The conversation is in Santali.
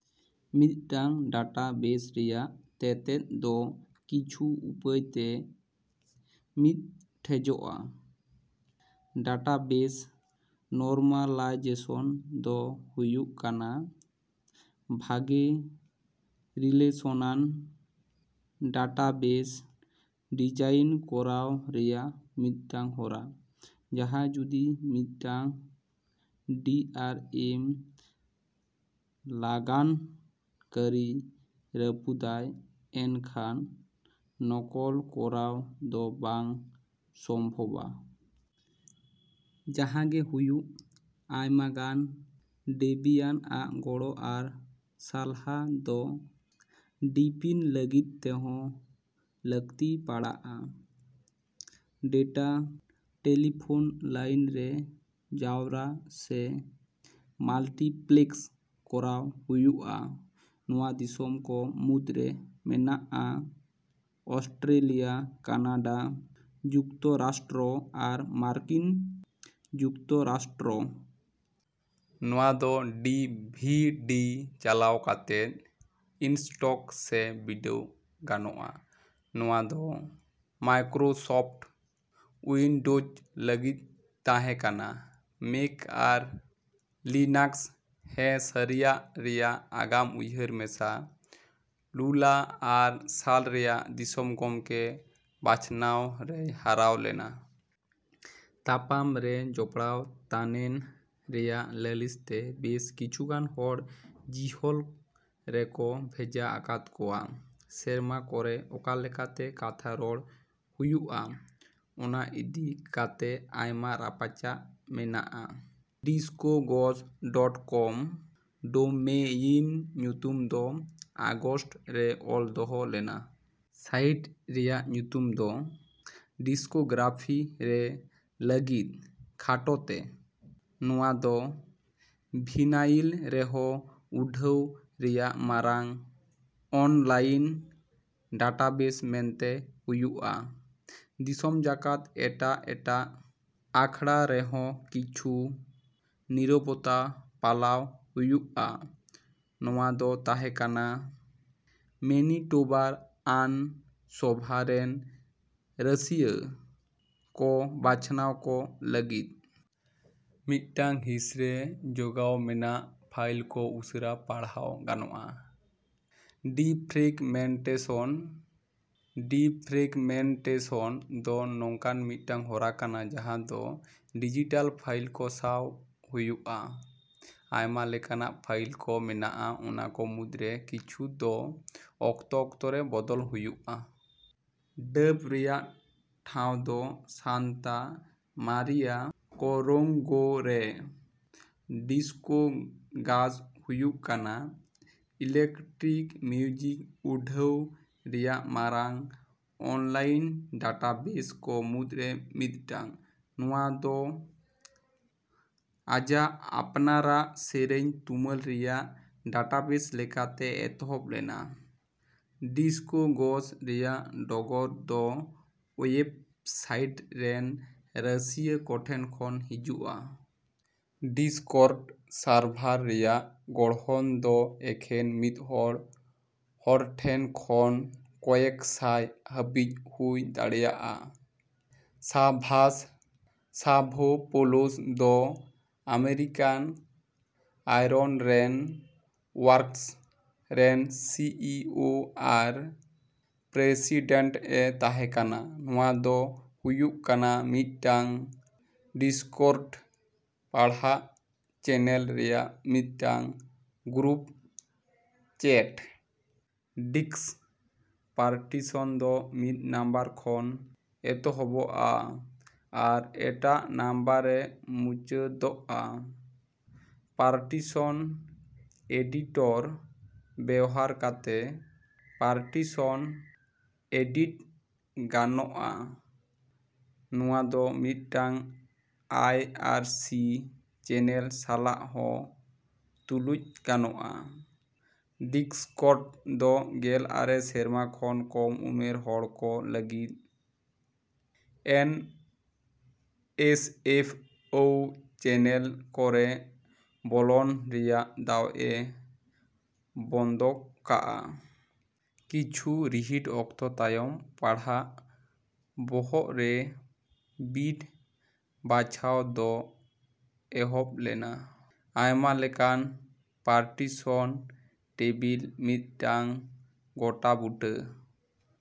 ᱢᱤᱫᱴᱟᱝ ᱰᱟᱴᱟᱵᱮᱥ ᱨᱮᱭᱟᱜ ᱛᱮᱛᱮᱫ ᱫᱚ ᱠᱤᱪᱷᱩ ᱩᱯᱟᱹᱭᱛᱮ ᱢᱤᱫᱴᱷᱮᱡᱚᱜᱼᱟ᱾ ᱰᱟᱴᱟᱵᱮᱥ ᱱᱚᱨᱢᱟᱞᱟᱭᱡᱮᱥᱚᱱ ᱫᱚ ᱦᱩᱭᱩᱜ ᱠᱟᱱᱟ, ᱵᱷᱟᱜᱮ ᱨᱤᱞᱮᱥᱚᱱᱟᱱ ᱰᱟᱴᱟᱵᱮᱥ ᱰᱤᱡᱟᱭᱤᱱ ᱠᱚᱨᱟᱣ ᱨᱮᱭᱟᱜ ᱢᱤᱫᱴᱟᱝ ᱦᱚᱨᱟ᱾ ᱡᱟᱦᱟᱭ ᱡᱩᱫᱤ ᱢᱤᱫᱴᱟᱝ ᱰᱤ ᱟᱨ ᱮᱢ ᱞᱟᱜᱟᱱ ᱠᱟᱹᱨᱤᱭ ᱨᱟᱹᱯᱩᱫᱟᱭ ᱮᱱᱠᱷᱟᱱ ᱱᱚᱠᱚᱞ ᱠᱚᱨᱟᱣ ᱫᱚ ᱵᱟᱝ ᱥᱚᱢᱵᱷᱚᱵᱟ᱾ ᱡᱟᱦᱟᱜᱮ ᱦᱩᱭᱩᱜ, ᱟᱭᱢᱟᱜᱟᱱ ᱰᱮᱵᱤᱭᱟᱱ ᱟᱜ ᱜᱚᱲᱚ ᱟᱨ ᱥᱟᱞᱦᱟ ᱫᱚ ᱰᱤᱯᱤᱱ ᱞᱟᱹᱜᱤᱫ ᱛᱮᱦᱚᱸ ᱞᱟᱹᱜᱛᱤ ᱯᱟᱲᱟᱜᱼᱟ᱾ ᱰᱮᱴᱟ ᱴᱮᱞᱤᱯᱷᱳᱱ ᱞᱟᱹᱭᱤᱱ ᱨᱮ ᱡᱟᱣᱨᱟ ᱥᱮ ᱢᱟᱞᱴᱤᱯᱞᱮᱠᱥ ᱠᱚᱨᱟᱣ ᱦᱩᱭᱩᱜᱼᱟ᱾ ᱱᱚᱶᱟ ᱫᱤᱥᱚᱢ ᱠᱚ ᱢᱩᱫᱨᱮ ᱢᱮᱱᱟᱜᱼᱟ ᱚᱥᱴᱨᱮᱞᱤᱭᱟ, ᱠᱟᱱᱟᱰᱟ, ᱡᱩᱠᱛᱚᱨᱟᱥᱴᱨᱚ ᱟᱨ ᱢᱟᱨᱠᱤᱱ ᱡᱩᱠᱛᱚᱨᱟᱥᱴᱨᱚ᱾ ᱱᱚᱣᱟ ᱫᱚ ᱰᱤ ᱵᱷᱤ ᱰᱤ ᱪᱟᱞᱟᱣ ᱠᱟᱛᱮᱫ ᱤᱱᱥᱴᱚᱠ ᱥᱮ ᱵᱤᱰᱟᱹᱣ ᱜᱟᱱᱚᱜᱼᱟ᱾ ᱱᱚᱶᱟ ᱫᱚ ᱢᱟᱭᱠᱨᱳᱥᱚᱯᱷᱴ ᱩᱭᱤᱱᱰᱳᱡ ᱞᱟᱹᱜᱤᱫ ᱛᱟᱦᱮᱸ ᱠᱟᱱᱟ, ᱢᱮᱹᱠ ᱟᱨ ᱞᱤᱱᱟᱠᱥ ᱦᱮᱸᱥᱟᱹᱨᱤᱭᱟᱜ ᱨᱮᱭᱟᱜ ᱟᱜᱟᱢ ᱩᱭᱦᱟᱹᱨ ᱢᱮᱥᱟ᱾ ᱞᱩᱞᱟ, ᱟᱨ ᱥᱟᱞ ᱨᱮᱭᱟᱜ ᱫᱤᱥᱚᱢ ᱜᱚᱝᱠᱮ ᱵᱟᱪᱷᱱᱟᱣ ᱨᱮᱭ ᱦᱟᱨᱟᱣ ᱞᱮᱱᱟ᱾ ᱛᱟᱯᱟᱢ ᱨᱮ ᱡᱚᱯᱲᱟᱣ ᱛᱟᱱᱮᱱ ᱨᱮᱭᱟᱜ ᱞᱟᱹᱞᱤᱥ ᱛᱮ ᱵᱮᱥ ᱠᱤᱪᱷᱩᱜᱟᱱ ᱦᱚᱲ ᱡᱤᱦᱚᱞ ᱨᱮᱠᱚ ᱵᱷᱮᱡᱟ ᱟᱠᱟᱫ ᱠᱚᱣᱟ᱾ ᱥᱮᱨᱢᱟ ᱠᱚᱨᱮ ᱚᱠᱟᱞᱮᱠᱟᱛᱮ ᱠᱟᱛᱷᱟ ᱨᱚᱲ ᱦᱩᱭᱩᱜᱼᱟ ᱚᱱᱟ ᱤᱫᱤ ᱠᱟᱛᱮ ᱟᱭᱢᱟ ᱨᱟᱯᱟᱪᱟᱜ ᱢᱮᱱᱟᱜᱼᱟ᱾ ᱰᱤᱥᱠᱳᱜᱚᱥ ᱰᱚᱴ ᱠᱚᱢ ᱰᱳᱢᱮᱭᱤᱱ ᱧᱩᱛᱩᱢ ᱫᱚ ᱟᱜᱚᱥᱴ ᱨᱮ ᱚᱞᱫᱚᱦᱚ ᱞᱮᱱᱟ᱾ ᱥᱟᱭᱤᱴ ᱨᱮᱭᱟᱜ ᱧᱩᱛᱩᱢ ᱫᱚ ᱰᱤᱥᱠᱳᱜᱨᱟᱯᱷᱤ ᱨᱮ ᱞᱟᱹᱜᱤᱫ ᱠᱷᱟᱴᱚᱛᱮ᱾ ᱱᱚᱣᱟ ᱫᱚ ᱵᱷᱤᱱᱟᱭᱤᱞ ᱨᱮᱦᱚᱸ ᱩᱰᱷᱟᱹᱣ ᱨᱮᱭᱟᱜ ᱢᱟᱨᱟᱝ ᱚᱱᱞᱟᱭᱤᱱ ᱰᱟᱴᱟᱵᱮᱥ ᱢᱮᱱᱛᱮ ᱦᱩᱭᱩᱜᱼᱟ᱾ ᱫᱤᱥᱚᱢ ᱡᱟᱠᱟᱛ ᱮᱴᱟᱜ ᱮᱴᱟᱜ ᱟᱠᱷᱲᱟᱨᱮᱦᱚᱸ ᱠᱤᱪᱷᱩ ᱱᱤᱨᱚᱵᱚᱛᱟ ᱯᱟᱞᱟᱣ ᱦᱩᱭᱩᱜᱼᱟ᱾ ᱱᱚᱣᱟ ᱫᱚ ᱛᱟᱦᱮᱸ ᱠᱟᱱᱟ ᱢᱮᱹᱱᱤᱴᱳᱵᱟᱨ ᱟᱹᱱ ᱥᱚᱵᱷᱟ ᱨᱮᱱ ᱨᱟᱹᱥᱭᱟᱹ ᱠᱚ ᱵᱟᱪᱷᱱᱟᱣ ᱠᱚ ᱞᱟᱹᱜᱤᱫ᱾ ᱢᱤᱫᱴᱟᱝ ᱦᱤᱸᱥᱨᱮ ᱡᱚᱜᱟᱣ ᱢᱮᱱᱟᱜ ᱯᱷᱟᱭᱤᱞ ᱠᱚ ᱩᱥᱟᱹᱨᱟ ᱯᱟᱬᱦᱟᱣ ᱜᱟᱱᱚᱜᱼᱟ᱾ ᱰᱤᱯᱷᱨᱮᱜᱢᱮᱱᱴᱮᱥᱚᱱ ᱰᱤᱯᱷᱨᱮᱜᱢᱮᱱᱴᱮᱥᱚᱱ ᱫᱚ ᱱᱚᱝᱠᱟᱱ ᱢᱤᱫᱴᱟᱝ ᱦᱚᱨᱟ ᱠᱟᱱᱟ ᱡᱟᱦᱟ ᱫᱚ ᱰᱤᱡᱤᱴᱟᱞ ᱯᱷᱟᱭᱤᱞ ᱠᱚ ᱥᱟᱣ ᱦᱩᱭᱩᱜᱼᱟ᱾ ᱟᱭᱢᱟ ᱞᱮᱠᱟᱱᱟᱜ ᱯᱷᱟᱭᱤᱞ ᱠᱚ ᱢᱮᱱᱟᱜᱼᱟ, ᱚᱱᱟ ᱠᱚ ᱢᱩᱫᱨᱮ ᱠᱤᱪᱷᱩ ᱫᱚ ᱚᱠᱛᱚ ᱚᱠᱛᱚ ᱨᱮ ᱵᱚᱫᱚᱞ ᱦᱩᱭᱩᱜᱼᱟ᱾ ᱫᱟᱹᱵ ᱨᱮᱭᱟᱜ ᱴᱷᱟᱣ ᱫᱚ ᱥᱟᱱᱛᱟ ᱢᱟᱨᱤᱭᱟ ᱠᱚᱨᱳᱝᱜᱳ ᱨᱮ᱾ ᱰᱤᱥᱠᱳᱜᱟᱥ ᱦᱩᱭᱩᱜ ᱠᱟᱱᱟ ᱤᱞᱮᱠᱴᱨᱤᱠ ᱢᱤᱭᱩᱡᱤᱠ ᱩᱰᱷᱟᱹᱣ ᱨᱮᱭᱟᱜ ᱢᱟᱨᱟᱝ ᱚᱱᱞᱟᱭᱤᱱ ᱰᱟᱴᱟᱵᱮᱥ ᱠᱚ ᱢᱩᱫᱨᱮ ᱢᱤᱫᱴᱟᱝ᱾ ᱱᱚᱶᱟ ᱫᱚ ᱟᱡᱟᱜ ᱟᱯᱱᱟᱨᱟᱜ ᱥᱮᱹᱨᱮᱹᱧ ᱛᱩᱢᱟᱹᱞ ᱨᱮᱭᱟᱜ ᱰᱟᱴᱟᱵᱮᱥ ᱞᱮᱠᱟᱛᱮ ᱮᱛᱚᱦᱚᱵ ᱞᱮᱱᱟ᱾ ᱰᱤᱥᱠᱳᱜᱚᱥ ᱨᱮᱭᱟᱜ ᱰᱚᱜᱚᱨ ᱫᱚ ᱳᱭᱮᱵᱽ ᱥᱟᱭᱤᱴ ᱨᱮᱱ ᱨᱟᱹᱥᱤᱭᱟᱹ ᱠᱚᱴᱷᱮᱱ ᱠᱷᱚᱱ ᱦᱤᱡᱩᱜᱼᱟ᱾ ᱰᱤᱥᱠᱚᱨᱰ ᱥᱟᱨᱵᱷᱟᱨ ᱨᱮᱭᱟᱜ ᱜᱚᱲᱦᱚᱱ ᱫᱚ ᱮᱠᱷᱮᱱ ᱢᱤᱫᱦᱚᱲ ᱦᱚᱲᱴᱷᱮᱱ ᱠᱷᱚᱱ ᱠᱚᱭᱮᱠ ᱥᱟᱥᱟᱭ ᱦᱟᱹᱵᱤᱡ ᱦᱩᱭ ᱫᱟᱲᱮᱭᱟᱜᱼᱟ᱾ ᱥᱟᱵᱷᱟᱥ ᱥᱟᱵᱷᱳᱯᱳᱞᱳᱥ ᱫᱚ ᱟᱢᱮᱨᱤᱠᱟᱱ ᱟᱭᱨᱚᱱ ᱨᱮᱱ ᱳᱣᱟᱨᱠᱥ ᱨᱮᱱ ᱥᱤ ᱤ ᱳ ᱟᱨ ᱯᱨᱮᱥᱤᱰᱮᱱᱴ ᱮ ᱛᱟᱦᱮᱸ ᱠᱟᱱᱟ᱾ ᱱᱚᱶᱟ ᱫᱚ ᱦᱩᱭᱩᱜ ᱠᱟᱱᱟ ᱢᱤᱫᱴᱟᱝ ᱰᱤᱥᱠᱚᱨᱰ ᱯᱟᱲᱦᱟᱜ ᱪᱮᱹᱱᱮᱞ ᱨᱮᱭᱟᱜ ᱢᱤᱫᱴᱟᱝ ᱜᱨᱩᱯ ᱪᱮᱹᱴ᱾ ᱰᱤᱥᱠ ᱯᱟᱨᱴᱤᱥᱚᱱ ᱫᱚ ᱢᱤᱫ ᱱᱟᱢᱵᱟᱨ ᱠᱷᱚᱱ ᱮᱛᱚᱦᱚᱵᱚᱼᱟ ᱟᱨ ᱮᱴᱟᱜ ᱱᱟᱢᱵᱟᱨ ᱨᱮ ᱢᱩᱪᱟᱹᱫᱚᱜᱼᱟ᱾ ᱯᱟᱨᱴᱤᱥᱚᱱ ᱮᱰᱤᱴᱚᱨ ᱵᱮᱣᱦᱟᱨ ᱠᱟᱛᱮ ᱯᱟᱨᱴᱤᱥᱚᱱ ᱮᱰᱤᱴ ᱜᱟᱱᱚᱜᱼᱟ᱾ ᱱᱚᱶᱟ ᱫᱚ ᱢᱤᱫᱴᱟᱝ ᱟᱭ ᱟᱨ ᱥᱤ ᱪᱮᱹᱱᱮᱞ ᱥᱟᱞᱟᱜ ᱦᱚᱸ ᱛᱩᱞᱩᱡ ᱜᱟᱱᱚᱜᱼᱟ᱾ ᱰᱤᱥᱠᱚᱨᱰ ᱫᱚ ᱜᱮᱞ ᱟᱨᱮ ᱥᱮᱨᱢᱟ ᱠᱷᱚᱱ ᱠᱚᱢ ᱩᱢᱮᱨ ᱦᱚᱲᱠᱚ ᱞᱟᱹᱜᱤᱫ ᱮᱱ ᱮᱥ ᱮᱯᱷ ᱣ ᱪᱮᱹᱱᱮᱞ ᱠᱚᱨᱮ ᱵᱚᱞᱚᱱ ᱨᱮᱭᱟᱜ ᱫᱟᱣ ᱮ ᱵᱚᱱᱫᱚ ᱠᱟᱜᱼᱟ᱾ ᱠᱤᱪᱷᱩ ᱨᱤᱦᱤᱴ ᱚᱠᱛᱚ ᱛᱟᱭᱚᱢ ᱯᱟᱲᱦᱟᱜ ᱵᱚᱦᱚᱜ ᱨᱮ ᱵᱤᱴ ᱵᱟᱪᱷᱟᱣ ᱫᱚ ᱮᱦᱚᱵ ᱞᱮᱱᱟ᱾ ᱟᱭᱢᱟᱞᱮᱠᱟᱱ ᱯᱟᱨᱴᱤᱥᱚᱱ ᱴᱮᱵᱤᱞ ᱢᱤᱫᱴᱟᱝ ᱜᱚᱴᱟᱵᱩᱴᱟᱹ